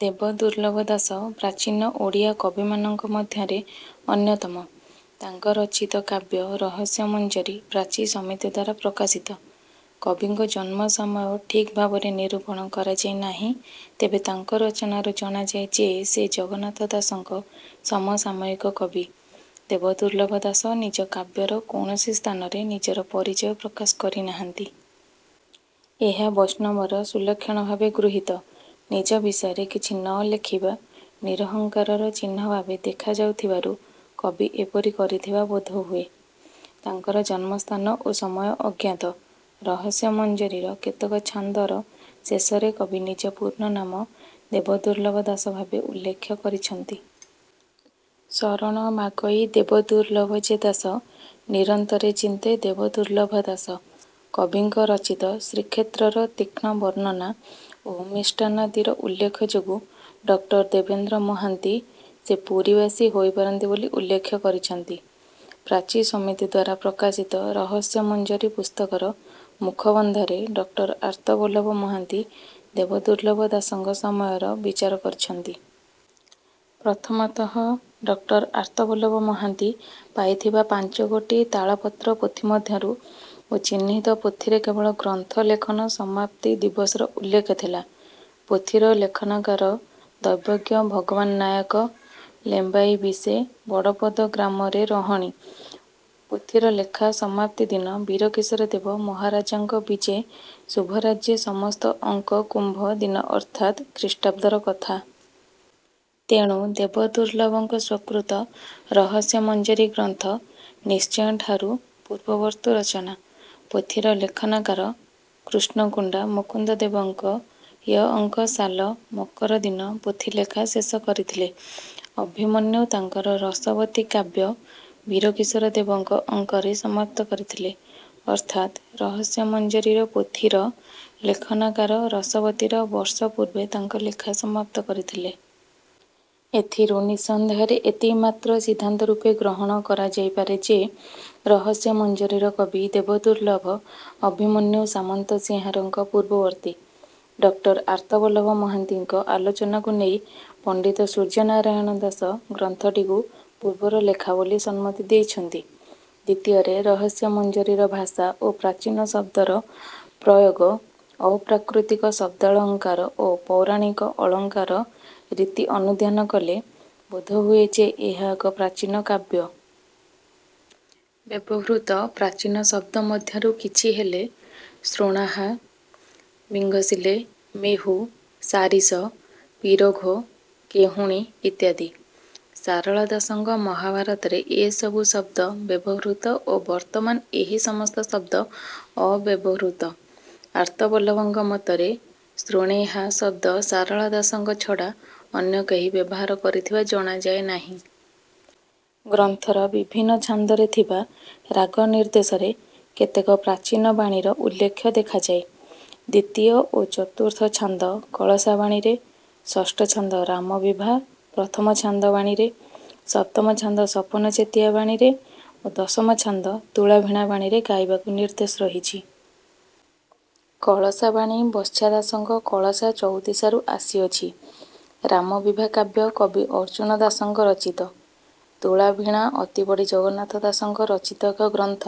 ଦେବଦୁର୍ଲ୍ଲଭ ଦାସ ପ୍ରାଚୀନ ଓଡ଼ିଆ କବିମାନଙ୍କ ମଧ୍ୟରେ ଅନ୍ୟତମ ତାଙ୍କ ରଚିତ କାବ୍ୟ ରହସ୍ୟମଞ୍ଜରୀ ପ୍ରାଚୀ ସମିତିଦ୍ୱାରା ପ୍ରକାଶିତ କବିଙ୍କ ଜନ୍ମ ସମୟ ଠିକ୍ ଭାବରେ ନିରୂପଣ କରଯାଇ ନାହିଁ ତେବେ ତାଙ୍କ ରଚନାରୁ ଜଣାଯାଏ ଯେ ସେ ଜଗନ୍ନାଥ ଦାସ ଙ୍କ ସମସାମୟିକ କବି ଦେବଦୁର୍ଲ୍ଲଭ ଦାସ ନିଜ କାବ୍ୟର କୌଣସି ସ୍ଥାନରେ ନିଜର ପରିଚୟ ପ୍ରକାଶ କରିନାହାନ୍ତି। ଏହା ବୈଷ୍ଣବର ସୁଲକ୍ଷଣ ଭାବେ ଗୃହୀତ। ନିଜ ବିଷୟରେ କିଛି ନ ଲେଖିବା ନିରହଙ୍କାରର ଚିହ୍ନ ଭାବେ ଦେଖାଯାଉଥିବାରୁ କବି ଏପରି କରିଥିବା ବୋଧ ହୁଏ। ତାଙ୍କର ଜନ୍ମସ୍ଥାନ ଓ ସମୟ ଅଜ୍ଞାତ। ରହସ୍ୟମଞ୍ଜରୀର କେତେକ ଛାନ୍ଦର ଶେଷରେ କବି ନିଜ ପୂର୍ଣ୍ଣ ନାମ 'ଦେବଦୁର୍ଲ୍ଲଭ ଦାସ' ଭାବେ ଉଲ୍ଲେଖ କରିଛନ୍ତି। ଶରଣ ମାଗଇ ଦେବ ଦୁର୍ଲ୍ଲଭ ଯେ ଦାସ। ନିରନ୍ତରେ ଚିନ୍ତେ ଦେବଦୁର୍ଲ୍ଲଭ ଦାସ। କବିଙ୍କ ରଚିତ ଶ୍ରୀକ୍ଷେତ୍ରର ତୀକ୍ଷ୍ଣ ବର୍ଣ୍ଣନା ଓ ମିଷ୍ଟାନ୍ନାଦିର ଉଲ୍ଲେଖ ଯୋଗୁଁ ଡକ୍ଟର ଦେବେନ୍ଦ୍ର ମହାନ୍ତି ସେ ପୁରୀବାସୀ ହୋଇପାରନ୍ତି ବୋଲି ଉଲ୍ଲେଖ କରିଛନ୍ତି। ପ୍ରାଚୀ ସମିତିଦ୍ୱାରା ପ୍ରକାଶିତ ରହସ୍ୟମଞ୍ଜରୀ ପୁସ୍ତକର ମୁଖବନ୍ଧରେ ଡକ୍ଟର ଆର୍ତ୍ତବଲ୍ଲଭ ମହାନ୍ତି ଦେବଦୁର୍ଲ୍ଲଭ ଦାସଙ୍କ ସମୟର ବିଚାର କରିଛନ୍ତି। ପ୍ରଥମତଃ ଡକ୍ଟର ଆର୍ତ୍ତବଲ୍ଲଭ ମହାନ୍ତି ପାଇଥିବା ପାଞ୍ଚଗୋଟି ତାଳପତ୍ର ପୋଥି ମଧ୍ୟରୁ ଓ ଚିହ୍ନିତ ପୋଥିରେ କେବଳ ଗ୍ରନ୍ଥ ଲେଖନ ସମାପ୍ତି ଦିବସର ଉଲ୍ଲେଖ ଥିଲା। ପୋଥିର ''ଲେଖନକାର ଦୈବଜ୍ଞ ଭଗବାନ ନାୟକ, ଲେମ୍ବାଇ ବିଶେ ବଡ଼ପଦ ଗ୍ରାମରେ ରହଣି''- ପୋଥିର ଲେଖା ସମାପ୍ତିଦିନ ବୀର କିଶୋର ଦେବ ମହାରାଜାଙ୍କ ବିଜେ ଶୁଭରାଜ୍ୟେ ସମସ୍ତ ଅଙ୍କ କୁମ୍ଭ ଦିନ ଅର୍ଥାତ୍ ଖ୍ରୀଷ୍ଟାବ୍ଦର କଥା। ତେଣୁ ଦେବଦୁର୍ଲ୍ଲଭଙ୍କ ସ୍ୱକୃତ ରହସ୍ୟମଞ୍ଜରୀ ଗ୍ରନ୍ଥ ନିଶ୍ଚୟ ଠାରୁ ପୂର୍ବବର୍ତ୍ତୂ ରଚନା। ପୋଥିର ଲେଖନକାର କୃଷ୍ଣ କୁଣ୍ଡା ମୁକୁନ୍ଦଦେବଙ୍କ ୟ ଅଙ୍କ ସାଲ ମକର ଦିନ ପୋଥିଲେଖା ଶେଷ କରିଥିଲେ। ଅଭିମନ୍ୟୁ ତାଙ୍କର ରସବତୀ କାବ୍ୟ ବୀର କିଶୋର ଦେବଙ୍କ ଅଙ୍କରେ ସମାପ୍ତ କରିଥିଲେ। ଅର୍ଥାତ୍ ରହସ୍ୟମଞ୍ଜରୀର ପୋଥିର ଲେଖନକାର ରସବତୀର ବର୍ଷ ପୂର୍ବେ ତାଙ୍କ ଲେଖା ସମାପ୍ତ କରିଥିଲେ। ଏଥିରୁ ନିଃସନ୍ଦେହରେ ଏତିକି ମାତ୍ର ସିଦ୍ଧାନ୍ତ ରୂପେ ଗ୍ରହଣ କରାଯାଇପାରେ ଯେ ରହସ୍ୟମଞ୍ଜରୀର କବି ଦେବଦୁର୍ଲ୍ଲଭ ଅଭିମନ୍ୟୁ ସାମନ୍ତସିଂହାର ଙ୍କ ପୂର୍ବବର୍ତ୍ତୀ। ଡକ୍ଟର ଆର୍ତ୍ତବଲ୍ଲଭ ମହାନ୍ତିଙ୍କ ଆଲୋଚନାକୁ ନେଇ ପଣ୍ଡିତ ସୂର୍ଯ୍ୟନାରାୟଣ ଦାଶ ଗ୍ରନ୍ଥଟିକୁ ପୂର୍ବର ଲେଖା ବୋଲି ସମ୍ମତି ଦେଇଛନ୍ତି। ଦ୍ୱିତୀୟରେ ରହସ୍ୟମଞ୍ଜରୀର ଭାଷା ଓ ପ୍ରାଚୀନ ଶବ୍ଦର ପ୍ରୟୋଗ, ଅପ୍ରାକୃତିକ ଶବ୍ଦାଳଙ୍କାର ଓ ପୌରାଣିକ ଅଳଙ୍କାର ରୀତି ଅନୁଧ୍ୟାନ କଲେ ବୋଧ ହୁଏ ଯେ ଏହା ଏକ ପ୍ରାଚୀନ କାବ୍ୟ। ବ୍ୟବହୃତ ପ୍ରାଚୀନ ଶବ୍ଦ ମଧ୍ୟରୁ କିଛି ହେଲେ 'ଶ୍ରୋଣାହା', 'ବିଘଂସିଲେ', 'ମେହୁ', 'ସାରିଷ', 'ପିରୋଘ', 'କେହୁଣି' ଇତ୍ୟାଦି। ସାରଳା ଦାସ ଙ୍କ ମହାଭାରତରେ ଏସବୁ ଶବ୍ଦ ବ୍ୟବହୃତ ଓ ବର୍ତ୍ତମାନ ଏହି ସମସ୍ତ ଶବ୍ଦ ଅବ୍ୟବହୃତ। ଆର୍ତ୍ତବଲ୍ଲଭଙ୍କ ମତରେ 'ଶ୍ରୋଣେହା' ଶବ୍ଦ ସାରଳା ଦାସଙ୍କ ଛଡ଼ା ଅନ୍ୟ କେହି ବ୍ୟବହାର କରିଥିବା ଜଣାଯାଏ ନାହିଁ। ଗ୍ରନ୍ଥର ବିଭିନ୍ନ ଛାନ୍ଦରେ ଥିବା ରାଗନିର୍ଦ୍ଦେଶରେ କେତେକ ପ୍ରାଚୀନ 'ବାଣୀ'ର ଉଲ୍ଲେଖ ଦେଖାଯାଏ। ଦ୍ୱିତୀୟ ଓ ଚତୁର୍ଥ ଛାନ୍ଦ କଳସା ବାଣୀରେ, ଷଷ୍ଠ ଛାନ୍ଦ 'ରାମବିଭା ପ୍ରଥମଛାନ୍ଦ ବାଣୀରେ', ସପ୍ତମ ଛାନ୍ଦ ସପନଚେତିଆ ବାଣୀରେ ଓ ଦଶମ ଛାନ୍ଦ ତୁଳାଭିଣା ବାଣୀରେ ଗାଇବାକୁ ନିର୍ଦ୍ଦେଶ ରହିଛି। କଳସା ବାଣୀ ବତ୍ସା ଦାସଙ୍କ କଳସା ଚଉତିଶା ରୁ ଆସିଅଛି। ରାମବିଭା କାବ୍ୟ କବି ଅର୍ଜ୍ଜୁନ ଦାସ ଙ୍କ ରଚିତ। ତୁଳାଭିଣା ଅତିବଡ଼ି ଜଗନ୍ନାଥ ଦାସ ଙ୍କ ରଚିତ ଏକ ଗ୍ରନ୍ଥ।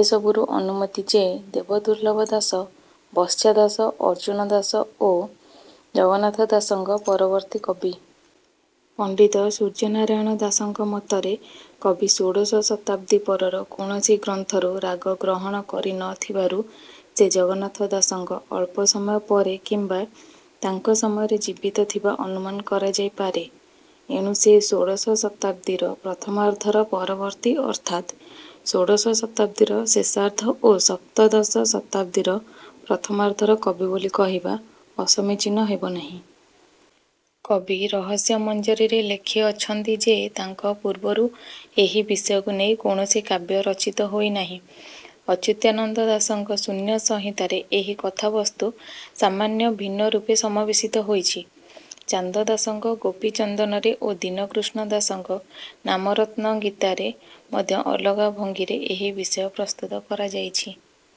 ଏସବୁରୁ ଅନୁମିତ ଯେ ଦେବଦୁର୍ଲ୍ଲଭ ଦାସ ବତ୍ସା ଦାସ, ଅର୍ଜ୍ଜୁନ ଦାସ ଓ ଜଗନ୍ନାଥ ଦାସଙ୍କ ପରବର୍ତ୍ତୀ କବି। ପଣ୍ଡିତ ସୂର୍ଯ୍ୟନାରାୟଣ ଦାଶଙ୍କ ମତରେ କବି ଷୋଡ଼ଶ ଶତାବ୍ଦୀ ପରର କୌଣସି ଗ୍ରନ୍ଥରୁ ରାଗ ଗ୍ରହଣ କରିନଥିବାରୁ ସେ ଜଗନ୍ନାଥ ଦାସଙ୍କ ଅଳ୍ପ ସମୟ ପରେ କିମ୍ବା ତାଙ୍କ ସମୟରେ ଜୀବିତ ଥିବା ଅନୁମାନ କରାଯାଇପାରେ। ଏଣୁ ସେ ଷୋଡ଼ଶ ଶତାବ୍ଦୀର ପ୍ରଥମାର୍ଦ୍ଧର ପରବର୍ତ୍ତୀ ଅର୍ଥାତ୍ ଷୋଡ଼ଶ ଶତାବ୍ଦୀର ଶେଷାର୍ଦ୍ଧ ଓ ସପ୍ତଦଶ ଶତାବ୍ଦୀର ପ୍ରଥମାର୍ଦ୍ଧର କବି ବୋଲି କହିବା ଅସମୀଚୀନ ହେବ ନାହିଁ। କବି ରହସ୍ୟମଞ୍ଜରୀରେ ଲେଖିଅଛନ୍ତି ଯେ ତାଙ୍କ ପୂର୍ବରୁ ଏହି ବିଷୟକୁ ନେଇ କୌଣସି କାବ୍ୟ ରଚିତ ହୋଇନାହିଁ। ଅଚ୍ୟୁତାନନ୍ଦ ଦାସ ଙ୍କ ଶୂନ୍ୟସଂହିତାରେ ଏହି କଥାବସ୍ତୁ ସାମାନ୍ୟ ଭିନ୍ନରୂପେ ସମାବେଶିତ ହୋଇଛି। ଚାନ୍ଦ ଦାସଙ୍କ ଗୋପୀଚନ୍ଦନରେ ଓ ଦୀନକୃଷ୍ଣ ଦାସ ଙ୍କ ନାମରତ୍ନ ଗୀତାରେ ମଧ୍ୟ ଅଲଗା ଭଙ୍ଗୀରେ ଏହି ବିଷୟ ପ୍ରସ୍ତୁତ କରାଯାଇଛି।।